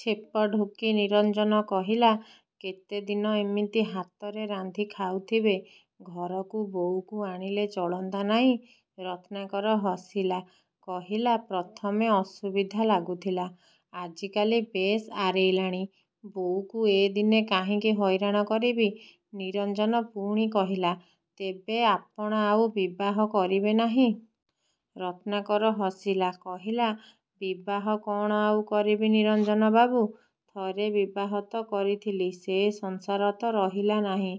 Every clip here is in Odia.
ଛେପ ଢୋକି ନିରଞ୍ଜନ କହିଲା କେତେଦିନ ଏମିତି ହାତରେ ରାନ୍ଧି ଖାଉଥିବେ? ଘରକୁ ବୋଉକୁ ଆଣିଲେ ଚଳନ୍ତା ନାଇଁ ରତ୍ନାକର ହସିଲା, କହିଲା ପ୍ରଥମେ ଅସୁବିଧା ଲାଗୁଥିଲା, ଆଜିକାଲି ବେଶ୍ ଆରେଇଲାଣି। ବୋଉକୁ ଏଦିନେ କାହିଁକି ହଇରାଣ କରିବି ନିରଞ୍ଜନ ପୁଣି କହିଲା, ତେବେ ଆପଣ ଆଉ ବିବାହ କରିବେ ନାହିଁ? ରତ୍ନାକର ହସିଲା, କହିଲା ବିବାହ କଣ ଆଉ କରିବି ନିରଞ୍ଜନବାବୁ? ଥରେ ବିବାହ ତ କରିଥିଲି, ସେ ସଂସାର ତ ରହିଲା ନାହିଁ।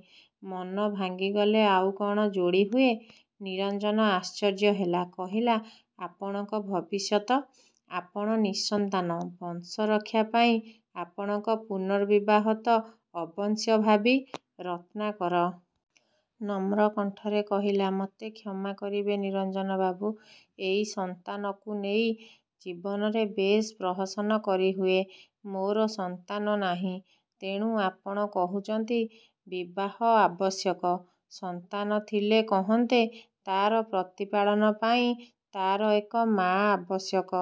ମନ ଭାଙ୍ଗିଗଲେ ଆଉ କଣ ଯୋଡ଼ି ହୁଏ ନିରଞ୍ଜନ ଆଶ୍ଚର୍ଯ୍ୟ ହେଲା, କହିଲା ଆପଣଙ୍କ ଭବିଷ୍ୟତ ଆପଣ ନିଃସନ୍ତାନ। ବଂଶରକ୍ଷା ପାଇଁ ଆପଣଙ୍କ ପୁନର୍ବିବାହ ତ ଅବଶ୍ୟମ୍ଭାବୀ ରତ୍ନାକର। ନମ୍ର କଣ୍ଠରେ କହିଲା, ମତେ କ୍ଷମା କରିବେ ନିରଞ୍ଜନବାବୁ, ଏଇ ସନ୍ତାନକୁ ନେଇ ଜୀବନରେ ବେଶ୍ ପ୍ରହସନ କରି ହୁଏ। ମୋର ସନ୍ତାନ ନାହିଁ, ତେଣୁ ଆପଣ କହୁଚନ୍ତି, ବିବାହ ଆବଶ୍ୟକ। ସନ୍ତାନ ଥିଲେ କହନ୍ତେ, ତାର ପ୍ରତିପାଳନ ପାଇଁ ତାର ଏକ ମାଆ ଆବଶ୍ୟକ।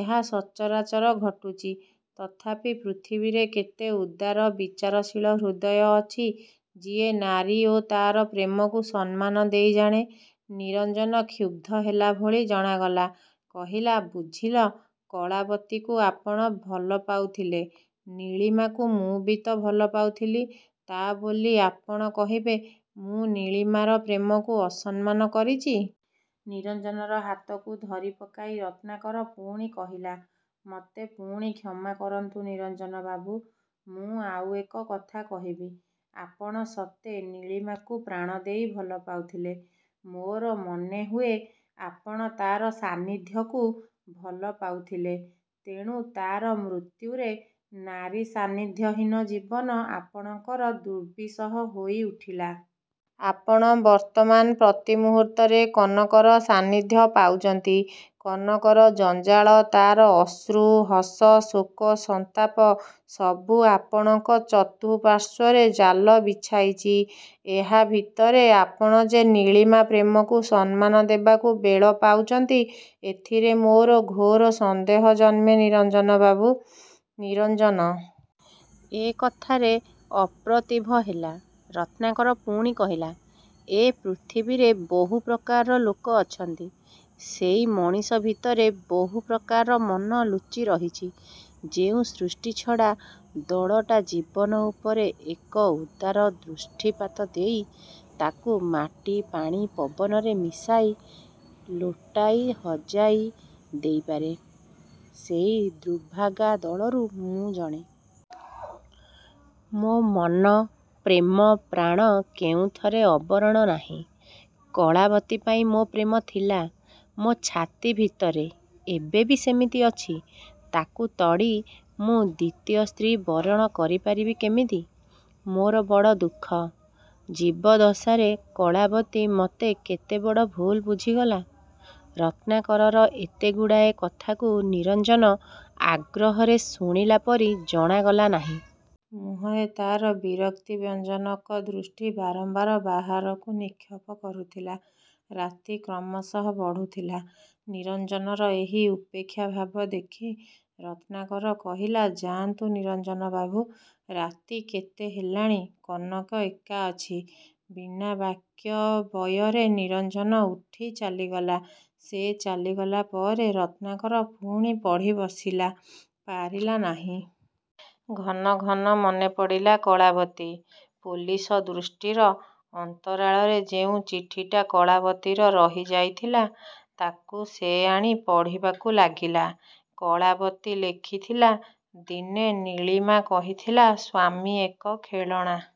ଏହା ସଚରାଚର ଘଟୁଚି। ତଥାପି ପୃଥିବୀରେ କେତେ ଉଦାର, ବିଚାରଶୀଳ ହୃଦୟ ଅଛି, ଯିଏ ନାରୀ ଓ ତାର ପ୍ରେମକୁ ସମ୍ମାନ ଦେଇ ଜାଣେ ନିରଞ୍ଜନ କ୍ଷୁବ୍ଧ ହେଲା ଭଳି ଜଣାଗଲା। କହିଲା ବୁଝିଲ କଳାବତୀକୁ ଆପଣ ଭଲପାଉଥିଲେ ନୀଳିମାକୁ ମୁଁ ବି ତ ଭଲପାଉଥିଲି, ତା ବୋଲି ଆପଣ କହିବେ, ମୁଁ ନୀଳିମାର ପ୍ରେମକୁ ଅସମ୍ମାନ କରିଚି? ନିରଞ୍ଜନର ହାତକୁ ଧରି ପକାଇ ରତ୍ନାକର ପୁଣି କହିଲା, ମୋତେ ପୁଣି କ୍ଷମା କରନ୍ତୁ ନିରଞ୍ଜନବାବୁ। ମୁଁ ଆଉ ଏକ କଥା କହିବି। ଆପଣ ସତେ ନୀଳିମାକୁ ପ୍ରାଣ ଦେଇ ଭଲପାଉଥିଲେ? ମୋର ମନେହୁଏ ଆପଣ ତାର ସାନ୍ନିଧ୍ୟକୁ ଭଲପାଉଥିଲେ। ତେଣୁ ତାର ମୃତ୍ୟୁରେ ନାରୀ ସାନ୍ନିଧ୍ୟହୀନ ଜୀବନ ଆପଣଙ୍କର ଦୁର୍ବିସହ ହୋଇ ଉଠିଲା। ଆପଣ ବର୍ତ୍ତମାନ ପ୍ରତି ମୁହୂର୍ତ୍ତରେ କନକର ସାନ୍ନିଧ୍ୟ ପାଉଚନ୍ତି। କନକର ଜଞ୍ଜାଳ, ତାର ଅଶ୍ରୁ, ହସ, ଶୋକ, ସନ୍ତାପ ସବୁ ଆପଣଙ୍କ ଚତୁଃପାର୍ଶ୍ୱରେ ଜାଲ ବିଛାଇଚି। ଏହା ଭିତରେ ଆପଣ ଯେ ନୀଳିମା ପ୍ରେମକୁ ସମ୍ମାନ ଦେବାକୁ ବେଳ ପାଉଚନ୍ତି ଏଥିରେ ମୋର ଘୋର ସନ୍ଦେହ ଜନ୍ମେ ନିରଞ୍ଜନବାବୁ। ନିରଞ୍ଜନ ଏ କଥାରେ ଅପ୍ରତିଭ ହେଲା। ରତ୍ନାକର ପୁଣି କହିଲା, ଏ ପୃଥିବୀରେ ବହୁ ପ୍ରକାରର ଲୋକ ଅଛନ୍ତି। ସେଇ ମଣିଷ ଭିତରେ ବହୁ ପ୍ରକାର ମନ ଲୁଚି ରହିଚି। ଯେଉଁ ସୃଷ୍ଟିଛଡ଼ା ଦଳଟା ଜୀବନ ଉପରେ ଏକ ଉଦାର ଦୃଷ୍ଟିପାତ ଦେଇ, ତାକୁ ମାଟି ପାଣି ପବନରେ ମିଶାଇ ଲୋଟାଇ ହଜାଇ ଦେଇପାରେ, ସେଇ ଦୁର୍ଭାଗା ଦଳରୁ ମୁଁ ଜଣେ। ମୋ ମନ ପ୍ରେମ ପ୍ରାଣ କେଉଁଥିରେ ଆବରଣ ନାହିଁ, କଳାବତୀ ପାଇଁ ମୋ ପ୍ରେମ ଥିଲା, ମୋ ଛାତି ଭିତରେ ଏବେ ବି ସେମିତି ଅଛି। ତାକୁ ତଡ଼ି ମୁଁ ଦ୍ଵିତୀୟ ସ୍ତ୍ରୀ ବରଣ କରିପାରିବି କେମିତି? ମୋର ବଡ଼ ଦୁଃଖ, ଜୀବଦ୍ଦଶାରେ କଳାବତୀ ମତେ କେତେ ବଡ଼ ଭୁଲ୍ ବୁଝିଗଲା ରତ୍ନାକରର ଏତେ ଗୁଡ଼ାଏ କଥାକୁ ନିରଞ୍ଜନ ଆଗ୍ରହରେ ଶୁଣିଲା ପରି ଜଣାଗଲା ନାହିଁ। ମୁହଁରେ ତାର ବିରକ୍ତିବ୍ୟଞ୍ଜକ ଦୃଷ୍ଟି ବାରମ୍ବାର ବାହାରକୁ ନିକ୍ଷେପ କରୁଥିଲା। ରାତି କ୍ରମଶଃ ବଢ଼ୁଥିଲା, ନିରଞ୍ଜନର ଏହି ଉପେକ୍ଷା ଭାବ ଦେଖି ରତ୍ନାକର କହିଲା ଯାଆନ୍ତୁ ନିରଞ୍ଜନବାବୁ, ରାତି କେତେ ହେଲାଣି, କନକ ଏକା ଅଛି। ବିନା ବାକ୍ୟ ବ୍ୟୟରେ ନିରଞ୍ଜନ ଉଠି ଚାଲିଗଲା। ସେ ଚାଲିଗଲା ପରେ ରତ୍ନାକର ପୁଣି ପଢ଼ି ବସିଲା ପାରିଲା ନାହିଁ। ଘନଘନ ମନେପଡ଼ିଲା କଳାବତୀ। ପୋଲିସ ଦୃଷ୍ଟିର ଅନ୍ତରାଳରେ ଯେଉଁ ଚିଠିଟା କଳାବତୀର ରହି ଯାଇଥିଲା ତାକୁ ସେ ଆଣି ପଢ଼ିବାକୁ ଲାଗିଲା କଳାବତୀ ଲେଖିଥିଲା। ଦିନେ ନୀଳିମା କହିଥିଲା, ସ୍ଵାମୀ ଏକ ଖେଳଣା।